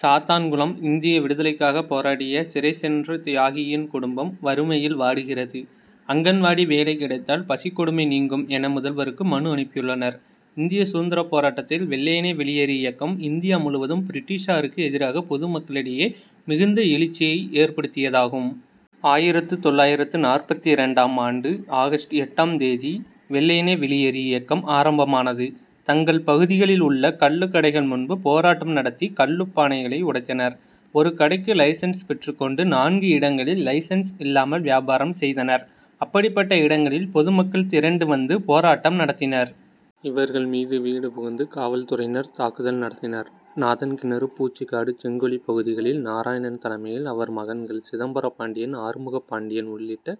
சாத்தான்குளம் இந்திய விடுதலைக்காக போராடிய சிறை சென்ற தியாகியின் குடும்பம் வறுமையில் வாடுகிறது. அங்கன்வாடி வேலை கிடைத்தால் பசிக் கொடுமை நீங்கும் என முதல்வருக்கு மனு அனுப்பியுள்ளனர். இந்திய சுதந்திரப் போராட்டத்தில் வெள்ளையனே வெளியேறு இயக்கம் இந்தியா முழுவதும் பிரிட்டிஷாருக்கு எதிராக பொதுமக்களிடையே மிகுந்த எழுச்சியை ஏற்படுத்தியதாகும். ஆயிரத்து தொள்ளாயிரத்து நாற்பத்திரண்டாம் ஆண்டு ஆகஸ்டு எட்டாம் தேதி வெள்ளையனே வெளியேறு இயக்கம் ஆரம்பமானது. தங்கள் பகுதிகளில் உள்ள கள்ளுக்கடைகள் முன்பு போராட்டம் நடத்தி கள்ளுப் பானைகளை உடைத்தனர். ஒரு கடைக்கு லைசன்ஸ் பெற்றுக் கொண்டு நான்கு இடங்களில் லைசன்ஸ் இல்லாமல் வியாபாரம் செய்தனர். அப்படிப்பட்ட இடங்களில் பொதுமக்கள் திரண்டு வந்து போராட்டம் நடத்தினர். இவர்கள் மீது வீடு புகுந்து காவல்துறையினர் தாக்குதல் நடத்தினர். நாதன்கிணறு பூச்சிக்காடு செங்குழி பகுதிகளில் நாராயணன் தலைமையில் அவர் மகன்கள் சிதம்பர பாண்டியன் ஆறுமுகப் பாண்டியன் உள்ளிட்ட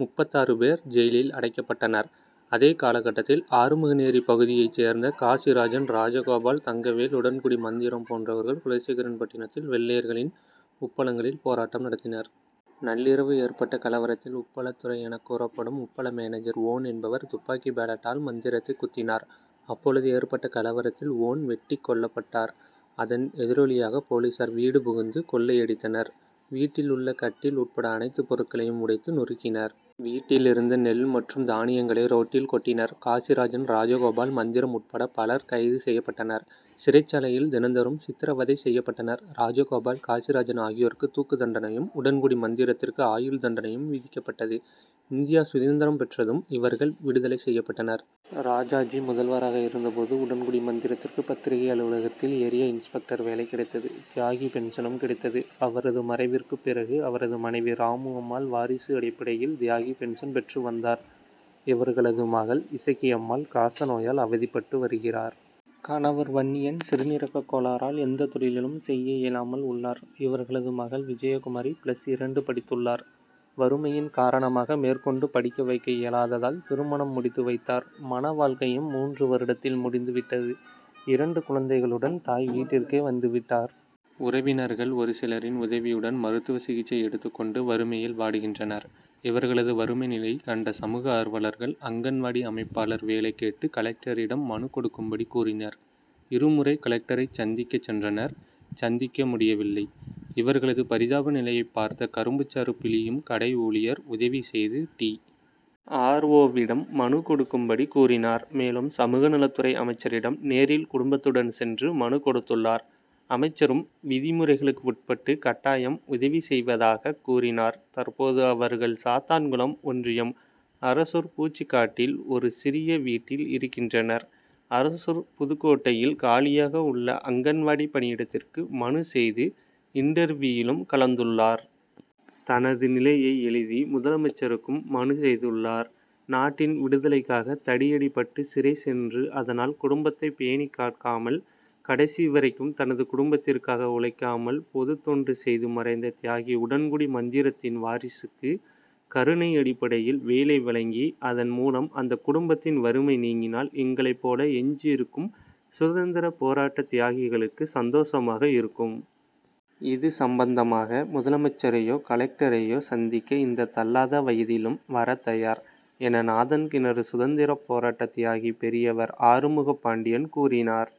முப்பத்தாறு பேர் ஜெயிலில் அடைக்கப்பட்டனர். அதே காலகட்டத்தில் ஆறுமுகநேரி பகுதியைச் சேர்ந்த காசிராஜன் ராஜகோபால் தங்கவேல் உடன்குடி மந்திரம் போன்றவர்கள் குலசேகரன்பட்டிணத்தில் வெள்ளையர்களின் உப்பளங்களில் போராட்டம் நடத்தினர். நள்ளிரவு ஏற்பட்ட கலவரத்தில் உப்பளத் துரை என கூறப்படும் உப்பள மேனேஜர் வோன் என்பவர் துப்பாக்கி பேளட்டால் மந்திரத்தை குத்தினார். அப்பொழுது ஏற்பட்ட கலவரத்தில் வோன் வெட்டிக் கொல்லப்பட்டார். அதன் எதிரொலியாக போலீசார் வீடு புகுந்து கொள்ளையடித்தனர். வீட்டில் உள்ள கட்டில் உட்பட அனைத்து பொருட்களையும் உடைத்து நொறுக்கினர். வீட்டில் இருந்த நெல் மற்றும் தானியங்களை ரோட்டில் கொட்டினர். காசிராஜன் ராஜகோபால் மந்திரம் உட்பட பலர் கைது செய்யப்பட்டனர். சிறைச்சாலையில் தினந்தோறும் சித்திரவதை செய்யப்பட்டனர். ராஜகோபால் காசிராஜன் ஆகியோருக்கு தூக்குதண்டனையும் உடன்குடி மந்திரத்திற்கு ஆயுள் தண்டனையும் விதிக்கப்பட்டது. இந்தியா சுதந்திரம் பெற்றதும் இவர்கள் விடுதலை செய்யப்பட்டனர். ராஜாஜி முதல்வராக இருந்த போது உடன்குடி மந்திரத்திற்கு பத்திரிக்கை அலுவலகத்தில் ஏரியா இன்ஸ்பெக்டர் வேலை கிடைத்தது. தியாகி பென்ஷனும் கிடைத்தது. அவரது மறைவிற்குப் பிறகு அவரது மனைவி ராமு அம்மாள் வாரிசு அடிப்படையில் தியாகி பென்ஷன் பெற்று வந்தார். இவர்களது மகள் இசக்கிஅம்மாள் காசநோயால் அவதிப்பட்டு வருகிறார். கணவர் வன்னியன் சிறுநீரகக் கோளாறால் எந்த தொழிலும் செய்ய இயலாமல் உள்ளார். இவர்களது மகள் விஜயகுமாரி பிளஸ் இரண்டு படித்துள்ளார். வறுமையின் காரணமாக மேற்கொண்டு படிக்க வைக்க இயலாததால் திருமணம் முடித்து வைத்தார். மணவாழ்க்கையும் மூன்று வருடத்தில் முடிந்து விட்டது. இரண்டு குழந்தைகளுடன் தாய் வீட்டிற்கே வந்து விட்டார். உறவினர்கள் ஒருசிலரின் உதவியுடன் மருத்துவசிகிச்சை எடுத்துக் கொண்டு வறுமையில் வாடுகின்றனர். இவர்களது வறுமை நிலை கண்ட சமூக ஆர்வலர்கள் அங்கன்வாடி அமைப்பாளர் வேலை கேட்டு கலெக்டரிடம் மனு கொடுக்கும்படி கூறினர். இருமுறை கலெக்டரைச் சந்திக்கச் சென்றனர். சந்திக்க முடியவில்லை. இவர்களது பரிதாப நிலையைப் பார்த்த கரும்புச்சாறு பிழியும் கடை ஊழியர் உதவி செய்து டி. ஆர். ஓ.விடம் மனு கொடுக்கும்படி கூறினார். மேலும் சமூக நலத்துறை அமைச்சரிடம் நேரில் குடும்பத்துடன் சென்று மனு கொடுத்துள்ளார். அமைச்சரும் விதிமுறைகளுக்கு உட்பட்டு கட்டாயம் உதவிசெய்வதாகக் கூறினார். தற்போது அவர்கள் சாத்தான்குளம் ஒன்றியம் அரசூர் பூச்சிக்காட்டில் ஒரு சிறிய வீட்டில் இருக்கின்றனர். அரசூர் புதுக்கோட்டையில் காலியாக உள்ள அங்கன்வாடி பணியிடத்திற்கு மனு செய்து இண்டர்வியூவிலும் கலந்துள்ளார். தனது நிலையை எழுதி முதலமைச்சருக்கும் மனு செய்துள்ளார். நாட்டின் விடுதலைக்காக தடியடிபட்டு சிறை சென்று அதனால் குடும்பத்தைப் பேணி காக்காமல் கடைசிவரைக்கும் தனது குடும்பத்திற்காக உழைக்காமல் பொதுத் தொண்டு செய்து மறைந்த தியாகி உடன்குடி மந்திரத்தின் வாரிசுக்கு கருணை அடிப்படையில் வேலை வழங்கி அதன் மூலம் அந்த குடும்பத்தின் வறுமை நீங்கினால் எங்களைப் போல எஞ்சியிருக்கும் சுதந்திரப் போராட்ட தியாகிகளுக்கு சந்தோசமாக இருக்கும். இது சம்பந்தமாக முதலமைச்சரையோ கலெக்டரையோ சந்திக்க இந்த தள்ளாதவயதிலும் வரத் தயார் என நாதன்கிணறு சுதந்திரப் போராட்டத் தியாகி பெரியவர் ஆறுமுகப்பாண்டியன் கூறினார்.